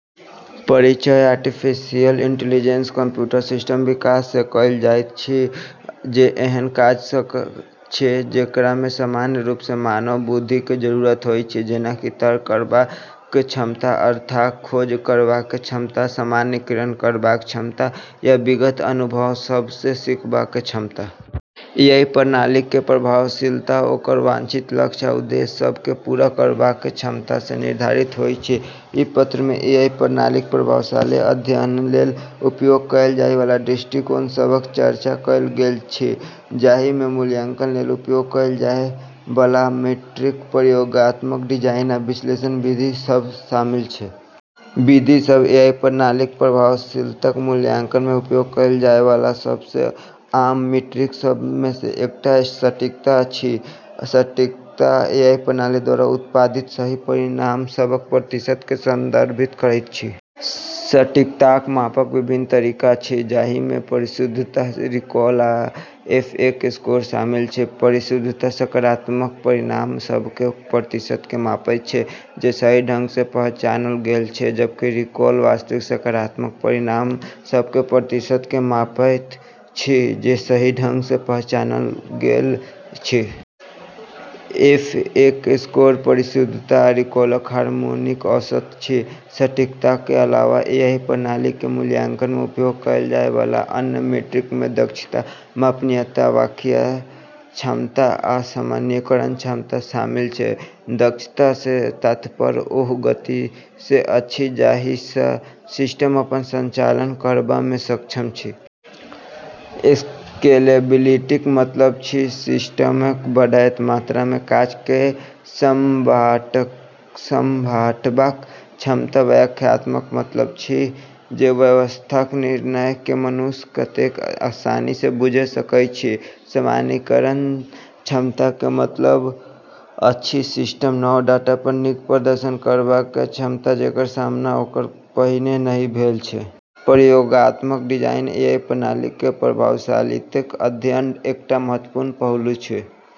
परिचय artificial intelligence computer सिस्टमक विकास सँ कहल जाइत अछि जे एहन काज कऽ सकैत अछि जेकरा मे सामान्य रूप सँ मानव बुद्धिक जरूरत होइत अछि, जेना कि तर्क करबाक क्षमता, अर्थक खोज करबाक क्षमता, सामान्यीकरण करबाक क्षमता या विगत अनुभव सभ सँ सीखबाक क्षमता। एआई प्रणालीक प्रभावशीलता ओकर वांछित लक्ष्य आ उद्देश्य सभ केँ पूरा करबाक क्षमता सँ निर्धारित होइत अछि। ई पत्र मे एआई प्रणालीक प्रभावशीलताक अध्ययन लेल उपयोग कएल जाए बला दृष्टिकोण सभक चर्चा कएल गेल अछि, जाहि मे मूल्यांकन लेल उपयोग कएल जाए बला मीट्रिक, प्रयोगात्मक डिजाइन, आ विश्लेषण विधि सभ शामिल अछि। विधि सभ एआई प्रणालीक प्रभावशीलताक मूल्यांकन मे उपयोग कएल जाए बला सब सँ आम मीट्रिक सभ मे सँ एकटा 'सटीकता' अछि। सटीकता एआई प्रणाली द्वारा उत्पादित सही परिणाम सभक प्रतिशत केँ संदर्भित करैत अछि। सटीकताक मापक विभिन्न तरीका अछि, जाहि मे परिशुद्धता, रिकॉल, आ एफ-एक स्कोर शामिल अछि। परिशुद्धता सकारात्मक परिणाम सभक प्रतिशत केँ मापैत अछि जे सही ढंग सँ पहचानल गेल अछि, जबकि रिकॉल वास्तविक सकारात्मक परिणाम सभक प्रतिशत केँ मापैत अछि जे सही ढंग सँ पहचानल गेल अछि। एफ-एक स्कोर परिशुद्धता आ रिकॉलक हार्मोनिक औसत अछि। सटीकताक अलावा, एआई प्रणालीक मूल्यांकन मे उपयोग कएल जाए बला अन्य मीट्रिक मे दक्षता, मापनीयता, व्याख्या क्षमता, आ सामान्यीकरण क्षमता शामिल अछि। दक्षता सँ तात्पर्य ओहि गति सँ अछि जाहि सँ सिस्टम अपन संचालन करबा मे सक्षम अछि। स्केलेबिलिटीक मतलब अछि सिस्टमक बढ़ैत मात्रा मे काज केँ सँभाळबाक क्षमता। व्याख्यात्मकताक मतलब अछि जे व्यवस्थाक निर्णय केँ मनुष्य कतेक आसानी सँ बुझि सकैत अछि। सामान्यीकरण क्षमताक मतलब अछि सिस्टमक नव डाटा पर नीक प्रदर्शन करबाक क्षमता जेकर सामना ओकरा पहिने नहि भेल छै। प्रयोगात्मक डिजाइन एआई प्रणालीक प्रभावशीलताक अध्ययनक एकटा महत्वपूर्ण पहलू अछि।